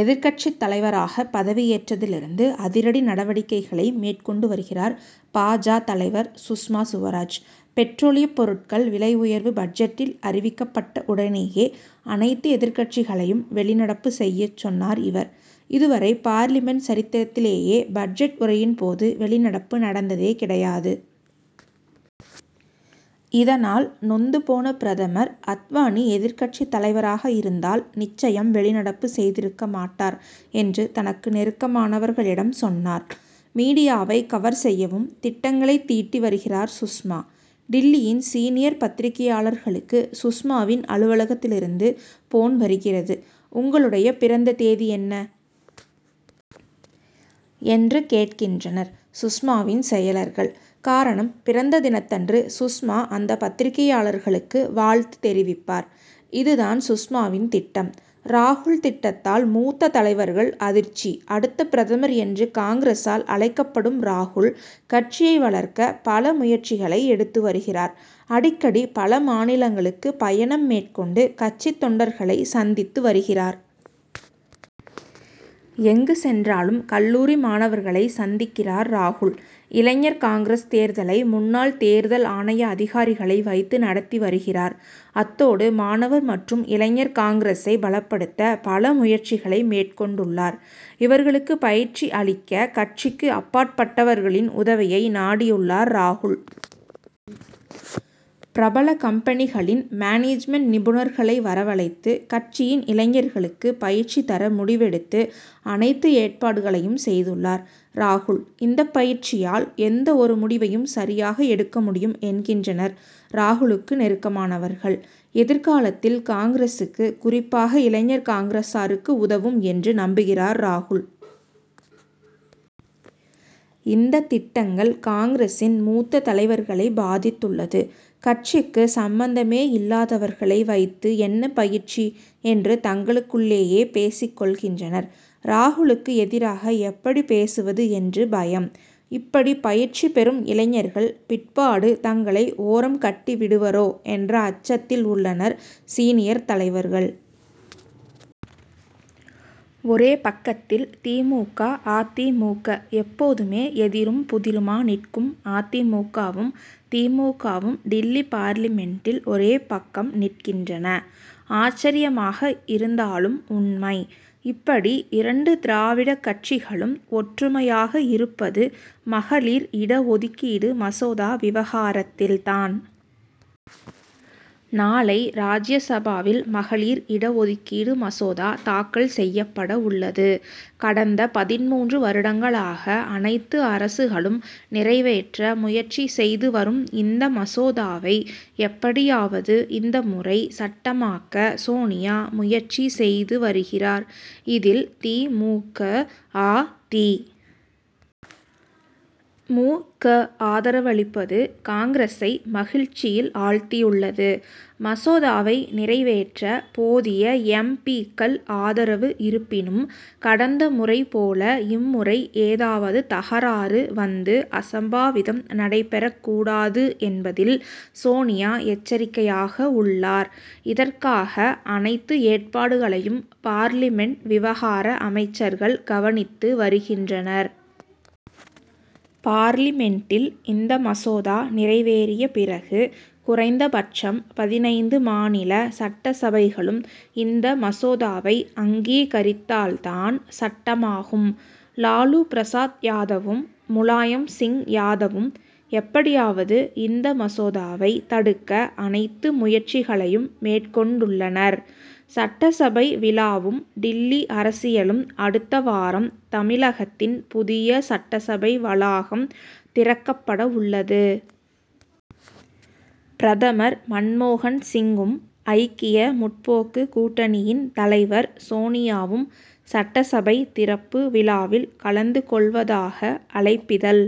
எதிர்க்கட்சித் தலைவராகப் பதவியேற்றதிலிருந்து அதிரடி நடவடிக்கைகளை மேற் கொண்டு வருகிறார். பா. ஜ., தலைவர் சுஷ்மா சுவராஜ். பெட்ரோலியப் பொருட்கள் விலை உயர்வு பட்ஜெட்டில் அறிவிக்கப்பட்ட உடனேயே அனைத்து எதிர்க்கட்சிகளையும் வெளிநடப்பு செய்யச் சொன்னார் இவர். இதுவரை பார்லிமென்ட் சரித்திரத்திலேயே பட்ஜெட் உரையின் போது வெளிநடப்பு நடந்ததே கிடையாது. இதனால், நொந்து போன பிரதமர், அத்வானி எதிர்க்கட்சி தலைவராக இருந்தால் நிச்சயம் வெளிநடப்பு செய்திருக்கமாட்டார் என்று தனக்கு நெருக்கமானவர்களிடம் சொன்னார். மீடியாவை கவர் செய்யவும் திட்டங்களை தீட்டி வருகிறார் சுஷ்மா. டில்லியின் சீனியர் பத்திரிகையாளர்களுக்கு சுஷ்மாவின் அலுவலகத்திலிருந்து போன் வருகிறது. உங்களுடைய பிறந்த தேதி என்ன? என்று கேட்கின்றனர் சுஷ்மாவின் செயலர்கள். காரணம் பிறந்த தினத்தன்று சுஷ்மா அந்த பத்திரிகையாளருக்கு வாழ்த்து தெரிவிப்பார். இதுதான் சுஷ்மாவின் திட்டம். ராகுல் திட்டத்தால் மூத்த தலைகள் அதிர்ச்சி அடுத்த பிரதமர் என்று காங்கிரசால் அழைக்கப்படும் ராகுல், கட்சியை வளர்க்க பல முயற்சிகளை எடுத்து வருகிறார். அடிக்கடி பல மாநிலங்களுக்கு பயணம் மேற்கொண்டு கட்சித் தொண்டர்களை சந்தித்து வருகிறார். எங்கு சொன்றாலும் கல்லூரி மாணவர்களை சந்திக்கிறார் ராகுல். இளைஞர் காங்கிரஸ் தேர்தலை முன்னாள் தேர்தல் ஆணைய அதிகாரிகளை வைத்து நடத்தி வருகிறார். அத்தோடு மாணவர் மற்றும் இளைஞர் காங்கிரசை பலப்படுத்த பல முயற்சிகளை மேற்கொண்டுள்ளார். இவர்களுக்கு பயிற்சி அளிக்க கட்சிக்கு அப்பாற்பட்டவர்களின் உதவியை நாடியுள்ளார் ராகுல். பிரபல கம்பெனிகளின் மேனேஜ்மென்ட் நிபுணர்களை வரவழைத்து கட்சியின் இளைஞர்களுக்கு பயிற்சி தர முடிவெடுத்து அனைத்து ஏற்பாடுகளையும் செய்துள்ளார் ராகுல். இந்தப் பயிற்சியால் எந்த ஒரு முடிவையும் சரியாக எடுக்க முடியும் என்கின்றனர் ராகுலுக்கு நெருக்கமானவர்கள். எதிர்காலத்தில் காங்கிரசுக்கு, குறிப்பாக இளைஞர் காங்கிரசாருக்கு உதவும் என்று நம்புகிறார் ராகுல். இந்த திட்டங்கள் காங்கிரசின் மூத்த தலைவர்களை பாதித்துள்ளது. கட்சிக்கு சம்பந்தமே இல் லாதவர்களை வைத்து என்ன பயிற்சி? என்று தங்களுக்குள் ளேயே பேசிக் கொள்கின்றனர். ராகுலுக்கு எதிராக எப்படி பேசுவது என்று பயம். இப்படி பயிற்சி பெறும் இளைஞர்கள், பிற்பாடு தங்களை ஓரம் கட்டிவிடுவரோ என்ற அச்சத்தில் உள்ளனர் சீனியர் தலைவர்கள். ஒரே பக்கத்தில் தி. மு. க., அ. தி. மு. க., எப்போதுமே எதிரும் புதிருமா நிற்கும் அ. தி. மு. க.,வும், தி. மு. க., வும் டில்லி பார்லிமென்டில் ஒரே பக்கம் நிற்கின்றன. ஆச்சரியமாக இருந்தாலும் உண்மை. இப்படி இரண்டு திராவிடக் கட்சிகளும் ஒற்றுமையாக இருப்பது மகளிர் இட ஒதுக்கீடு மசோதா விவகாரத்தில் தான். நாளை ராஜ்யசபாவில் மகளிர் இடஒதுக்கீடு மசோதா தாக்கல் செய்யப்பட உள்ளது. கடந்த பதின்மூன்று வருடங்களாக அனைத்து அரசுகளும் நிறைவேற்ற முயற்சி செய்து வரும் இந்த மசோதாவை, எப்படியாவது இந்த முறை சட்டமாக்க சோனியா முயற்சி செய்து வருகிறார். இதில், தி. மு. க., அ. தி. மு. க., ஆதரவளிப்பது காங்கிரசை மகிழ்ச்சியில் ஆழ்த்தியுள்ளது. மசோதாவை நிறைவேற்ற போதிய எம். பி.,க்கள் ஆதரவு இருப்பினும், கடந்த முறை போல இம்முறை ஏதாவது தகராறு வந்து, அசம்பாவிதம் நடைபெறக் கூடாது என்பதில் சோனியா எச்சரிக்கையாக உள்ளார். இதற்காக, அனைத்து ஏற்பாடுகளையும் பார்லிமென்ட் விவகார அமைச்சர்கள் கவனித்து வருகின்றனர். பார்லிமென்டில் இந்த மசோதா நிறைவேறிய பிறகு, குறைந்தபட்சம் பதினைந்து மாநில சட்டசபைகளும் இந்த மசோதாவை அங்கீகரித்தால் தான் சட்டமாகும். லாலு பிரசாத் யாதவும், முலாயம் சிங் யாதவும் எப்படியாவது இந்த மசோதாவை தடுக்க அனைத்து முயற்சிகளையும் மேற்கொண்டுள்ளனர். சட்டசபை விழாவும் டில்லி அரசியலும் அடுத்த வாரம் தமிழகத்தின் புதிய சட்டசபை வளாகம் திறக்கப்படவுள்ளது. பிரதமர் மன்மோகன் சிங்கும், ஐக்கிய முற்போக்கு கூட்டணியின் தலைவர் சோனியாவும் சட்டசபை திறப்பு விழாவில் கலந்து கொள்வதாக அழைப்பிதழ்